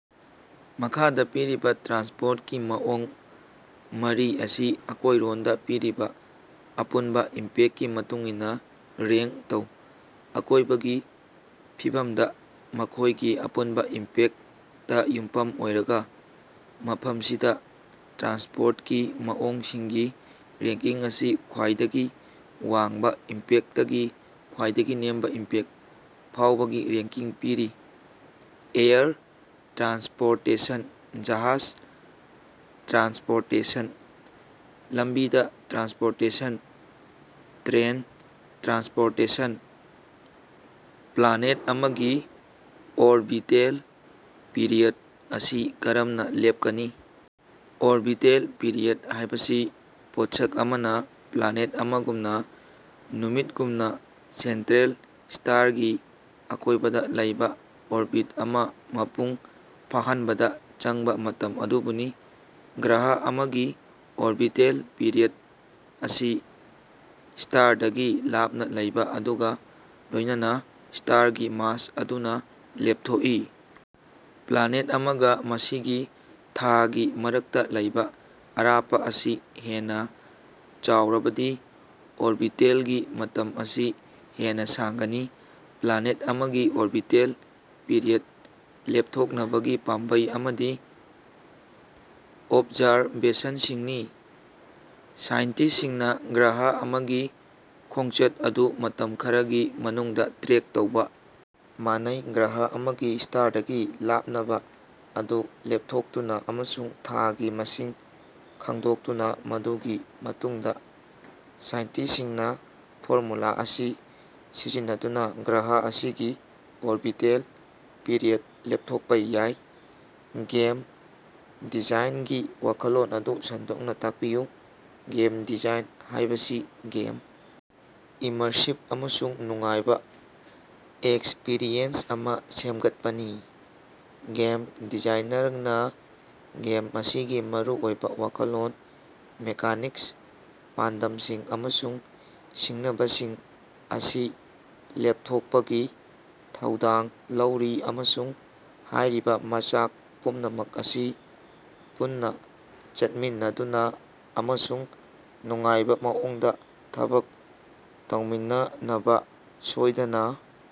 ꯃꯈꯥꯗꯥ ꯄꯤꯔꯤꯕꯥ ꯇ꯭ꯔꯥꯟꯁꯄꯣꯔꯠꯀꯤ ꯃꯑꯣꯡ ꯃꯔꯤ ꯑꯁꯤ ꯑꯀꯣꯏꯔꯣꯟꯗꯥ ꯄꯤꯔꯤꯕꯥ ꯑꯄꯨꯟꯕꯥ ꯏꯝꯄꯦꯛꯀꯤ ꯃꯇꯨꯡꯏꯟꯅꯥ ꯔꯦꯡꯛ ꯇꯧ꯫ ꯑꯀꯣꯏꯕꯒꯤ ꯐꯤꯕꯞꯗꯥ ꯃꯈꯣꯏꯒꯤ ꯑꯄꯨꯟꯕꯥ ꯏꯝꯄꯦꯛꯇꯥ ꯌꯨꯝꯐꯝ ꯑꯣꯏꯔꯒꯥ ꯃꯐꯝꯁꯤꯗꯥ ꯇ꯭ꯔꯥꯟꯁꯄꯣꯔꯠꯀꯤ ꯃꯑꯣꯡꯁꯤꯡꯒꯤ ꯔꯦꯡꯀꯤꯡ ꯑꯁꯤ ꯈ꯭ꯋꯥꯏꯗꯒꯤ ꯋꯥꯡꯕꯥ ꯏꯝꯄꯦꯛꯇꯒꯤ ꯈ꯭ꯋꯥꯏꯗꯒꯤ ꯅꯦꯝꯕꯥ ꯏꯝꯄꯦꯛ ꯐꯥꯎꯕꯒꯤ ꯔꯦꯡꯀꯤꯡ ꯄꯤꯔꯤ ꯑꯦꯌꯔ ꯇ꯭ꯔꯥꯟꯁꯄꯣꯔꯇꯦꯁꯟ ꯖꯍꯥꯖ ꯇ꯭ꯔꯥꯟꯁꯄꯣꯔꯇꯦꯁꯟ ꯂꯝꯕꯤꯗꯥ ꯇ꯭ꯔꯥꯟꯁꯄꯣꯔꯇꯦꯁꯟ ꯇ꯭ꯔꯦꯟ ꯇ꯭ꯔꯥꯟꯁꯄꯣꯔꯇꯦꯁꯟ꯫ ꯄ꯭ꯂꯥꯅꯦꯠ ꯑꯃꯒꯤ ꯑꯣꯔꯕꯤꯇꯦꯜ ꯄꯤꯔꯤꯌꯗ ꯑꯁꯤ ꯀꯔꯝꯅꯥ ꯂꯦꯞꯀꯅꯤ? ꯑꯣꯔꯕꯤꯇꯦꯜ ꯄꯤꯔꯤꯌꯗ ꯍꯥꯏꯕꯁꯤ ꯄꯣꯠꯁꯛ ꯑꯃꯅꯥ ꯄ꯭ꯂꯥꯅꯦꯠ ꯑꯃꯒꯨꯝꯅꯥ ꯅꯨꯃꯤꯠꯒꯨꯝꯕꯥ ꯁꯦꯟꯇ꯭ꯔꯦꯜ ꯁ꯭ꯇꯥꯔꯒꯤ ꯑꯀꯣꯏꯕꯗꯥ ꯂꯩꯕꯥ ꯑꯣꯔꯕꯤꯠ ꯑꯃꯥ ꯃꯄꯨꯡ ꯐꯥꯍꯟꯕꯗꯥ ꯆꯪꯕꯥ ꯃꯇꯝ ꯑꯗꯨꯕꯨꯅꯤ꯫ ꯒ꯭ꯔꯍ ꯑꯃꯒꯤ ꯑꯣꯔꯕꯤꯇꯦꯜ ꯄꯤꯔꯤꯌꯗ ꯑꯁꯤ ꯁ꯭ꯇꯥꯔꯗꯒꯤ ꯂꯥꯞꯅꯥ ꯂꯩꯕꯥ ꯑꯗꯨꯒꯥ ꯂꯣꯏꯅꯅꯥ ꯁ꯭ꯇꯥꯔꯒꯤ ꯃꯥꯁ ꯑꯗꯨꯅꯥ ꯂꯦꯞꯊꯣꯛꯏ꯫ ꯄ꯭ꯂꯥꯅꯦꯠ ꯑꯃꯒꯥ ꯃꯁꯤꯒꯤ ꯊꯥꯒꯤ ꯃꯔꯛꯇꯥ ꯂꯩꯕꯥ ꯑꯔꯥꯞꯄꯥ ꯑꯁꯤ ꯍꯦꯟꯅꯥ ꯆꯥꯎꯔꯕꯗꯤ ꯑꯣꯔꯕꯤꯇꯦꯜꯒꯤ ꯃꯇꯝ ꯑꯁꯤ ꯍꯦꯟꯅꯥ ꯁꯥꯡꯒꯅꯤ꯫ ꯄ꯭ꯂꯥꯅꯦꯠ ꯑꯃꯒꯤ ꯑꯣꯔꯕꯤꯇꯦꯜ ꯄꯤꯔꯤꯌꯗ ꯂꯦꯞꯊꯣꯛꯅꯕꯒꯤ ꯄꯥꯝꯕꯩ ꯑꯃꯗꯤ ꯑꯣꯕꯖꯥꯔꯕꯦꯁꯟꯁꯤꯡꯅꯤ꯫ ꯁꯥꯏꯟꯇꯤꯁ꯭ꯠꯁꯤꯡꯅꯥ ꯒ꯭ꯔꯍ ꯑꯃꯒꯤ ꯈꯣꯡꯆꯠ ꯑꯗꯨ ꯃꯇꯝ ꯈꯔꯒꯤ ꯃꯅꯨꯡꯗꯥ ꯇ꯭ꯔꯦꯛ ꯇꯧꯕꯥ ꯃꯥꯟꯅꯩ꯫ ꯒ꯭ꯔꯍ ꯑꯃꯒꯤ ꯁ꯭ꯇꯥꯔꯗꯒꯤ ꯂꯥꯞꯅꯕꯥ ꯑꯗꯨ ꯂꯦꯞꯊꯣꯛꯇꯨꯅꯥ ꯑꯃꯁꯨꯡ ꯊꯥꯒꯤ ꯃꯁꯤꯡ ꯈꯪꯗꯣꯛꯇꯨꯅꯥ ꯃꯗꯨꯒꯤ ꯃꯇꯨꯡꯗꯥ ꯁꯥꯏꯟꯇꯤꯁ꯭ꯠꯁꯤꯡꯅꯥ ꯐꯣꯔꯃꯨꯂꯥ ꯑꯁꯤ ꯁꯤꯖꯤꯟꯅꯗꯨꯅꯥ ꯒ꯭ꯔꯍ ꯑꯁꯤꯒꯤ ꯑꯣꯔꯕꯤꯇꯦꯜ ꯄꯤꯔꯤꯌꯗ ꯂꯦꯞꯊꯣꯛꯄꯥ ꯌꯥꯏ꯫ ꯒꯦꯝ ꯗꯤꯖꯥꯏꯟꯒꯤ ꯋꯥꯈꯜꯂꯣꯟ ꯑꯗꯨ ꯁꯟꯗꯣꯛꯅꯥ ꯇꯥꯛꯄꯤꯌꯨ꯫ ꯒꯦꯝ ꯗꯤꯖꯥꯏꯟ ꯍꯥꯏꯕꯁꯤ ꯒꯦꯝ ꯏꯃꯔꯁꯤꯕ ꯑꯃꯁꯨꯡ ꯅꯨꯡꯉꯥꯏꯕꯥ ꯑꯦꯛꯁꯄꯔꯤꯌꯦꯟꯁ ꯑꯃꯥ ꯁꯦꯝꯒꯠꯄꯅꯤ꯫ ꯒꯦꯝ ꯗꯤꯖꯥꯏꯅꯔꯅꯥ ꯒꯦꯝ ꯑꯁꯤꯒꯤ ꯃꯔꯨꯑꯣꯏꯕꯥ ꯋꯥꯈꯜꯂꯣꯟ ꯃꯦꯀꯥꯅꯤꯛꯁ ꯄꯥꯟꯗꯝꯁꯤꯡ ꯑꯃꯁꯨꯡ ꯁꯤꯡꯅꯕꯁꯤꯡ ꯑꯁꯤ ꯂꯦꯞꯊꯣꯛꯄꯒꯤ ꯊꯧꯗꯥꯡ ꯂꯧꯔꯤ ꯑꯃꯁꯨꯡ ꯍꯥꯏꯔꯤꯕꯥ ꯃꯆꯥꯛ ꯄꯨꯝꯅꯃꯛ ꯑꯁꯤ ꯄꯨꯟꯅꯥ ꯆꯠꯃꯤꯟꯅꯗꯨꯅꯥ ꯑꯃꯁꯨꯡ ꯅꯨꯡꯉꯥꯏꯕꯥ ꯃꯑꯣꯡꯗꯥ ꯊꯕꯛ ꯇꯧꯃꯤꯟꯅꯅꯕꯥ ꯁꯣꯏꯗꯅꯥ